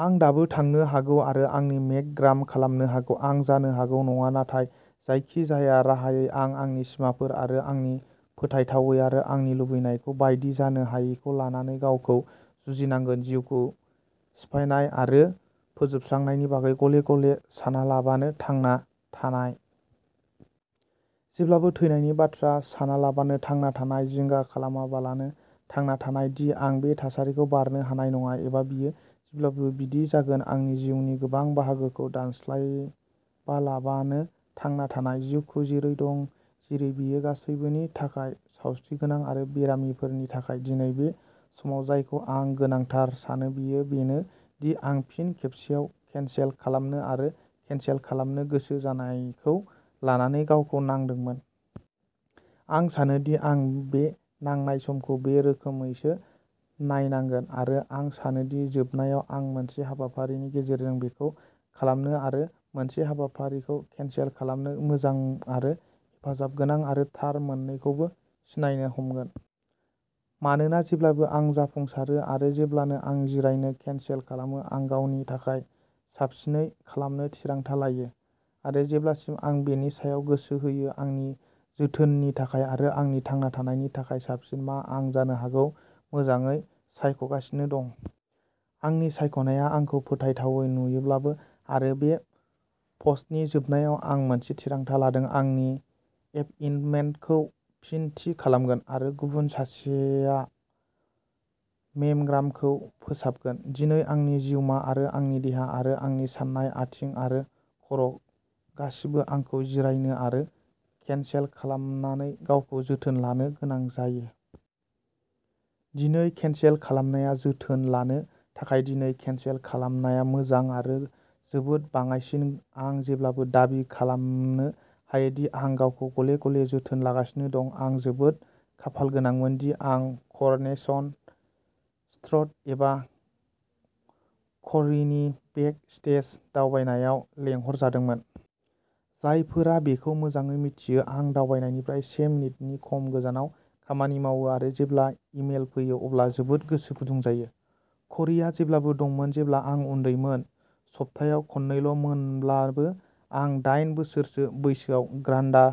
आं दाबो थांनो हागौ आरो आंनि मेम'ग्राम खालामनो हागौ। आं जानो हागौ नङा। नाथाय जायखिजाया राहायै आं आंनि सिमाफोर आरो आंनि फोथायथावै आरो आंनि लुबैनायखौ बायदि जानो हायैखौ लानानै गावखौ जुजिनांगोन जिउखौ सिफायनाय आरो फोजोबस्रांनायनि बागै गले-गले सानालाबानो थांना थानाय। जेब्लाबो थैनायनि बाथ्रा सानालाबानो थांना थानाय। जिंगा खालामालाबानो थांना थानाय दि आं बे थासारिखौ बारनो हानाय नङा, एबा बेयो जेब्लाबो बिदि जागोन। आंनि जिउनि गोबां बाहागोखौ दानस्लाबालाबानो थांना थानाय। जिउखौ जेरै दं जेरै बेयो गासैबोनि थाखाय, सावस्रिगोनां आरो बेरामिफोरनि थाखाय दिनै बे समाव जायखौ आं गोनांथार सानो, बेयो बेनो दि आं फिन खेबसेबाव केनसेल खालामनो आरो केनसेल खालामनो गोसो जानायखौ लानानै गावखौ नांदोंमोन। आं सानो दि आं बे नांनाय समखौ बे रोखोमैसो नायनांगोन। आरो आं सानो दि जोबनायाव आं मोनसे हाबाफारिनि गेजेरजों बेखौ खालामनो आरो मोनसे हाबाफारिखौ केनसेल खालामनो मोजां आरो हेफाजाबगोनां आरो थार मोन्नैखौबो सिनायनो हमगोन। मानोना जेब्लानो आं जाफुंसारो, आरो जेब्लानो आं जिरायनो केनसेल खालामो, आं गावनि थाखाय साबसिनै खालामनो थिरांथा लायो। आरो जेब्लासिम आं बेनि सायाव गोसो होयो आंनि जोथोननि थाखाय आरो आंनि थांना थानायनि थाखाय साबसिन मा आं जानो हागौ मोजाङै सायख'गासिनो दं। आंनि सायख'नाया आंखौ फोथायथावै नुयोब्लाबो। आरो बे पस्टनि जोबनायाव, आं मोनसे थिरांथा लादों। आंनि एपइन्टमेन्टखौ फिन थि खालामगोन आरो गुबुन सानसेआ मेम'ग्रामखौ फोसाबगोन। दिनै, आंनि जिउमा, आरो आंनि देहा, आरो आंनि सानाय आथिं आरो खर'गासिबो आंखौ जिरायनो आरो केनसेल खालामनानै गावखौ जोथोन लानो गोनां जायो। दिनै, केनसेल खालामनाया जोथोन लानो थाखाय। दिनै केनसेल खालामनाया मोजां। आरो जोबोद बाङाइसिन। आं जेब्लाबो दाबि खालामनो हायो दि आं गावखौ गले-गले जोथोन लागासिनो दं। आं जोबोद खाफालगोनांमोन दि आं कर'नेसन स्ट्रट एबा कर्रीनि बेक स्टेज दावबायनायाव लेंहरजादोंमोन। जायफोरा बेखौ मोजाङै मिथियो। आं दावबायनायनिफ्राय से मिनिटनि खम गोजानाव खामानि मावो आरो जेब्ला इमेल फैयो अब्ला जोबोद गोसो गुदुं जायो। कर्रीआ जेब्लाबो दंमोन जेब्ला आं उन्दैमोन, सप्तायाव खननैल'मोनब्लाबो। आं दाइन बोसोरसो बैसोआव ग्रान्डा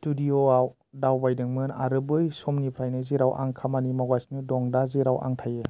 स्टुडिय'आव दावबायदोंमोन आरो बै समनिफ्रायनो जेराव आं खामानि मावगासिनो दं, दा जेराव आं थायो।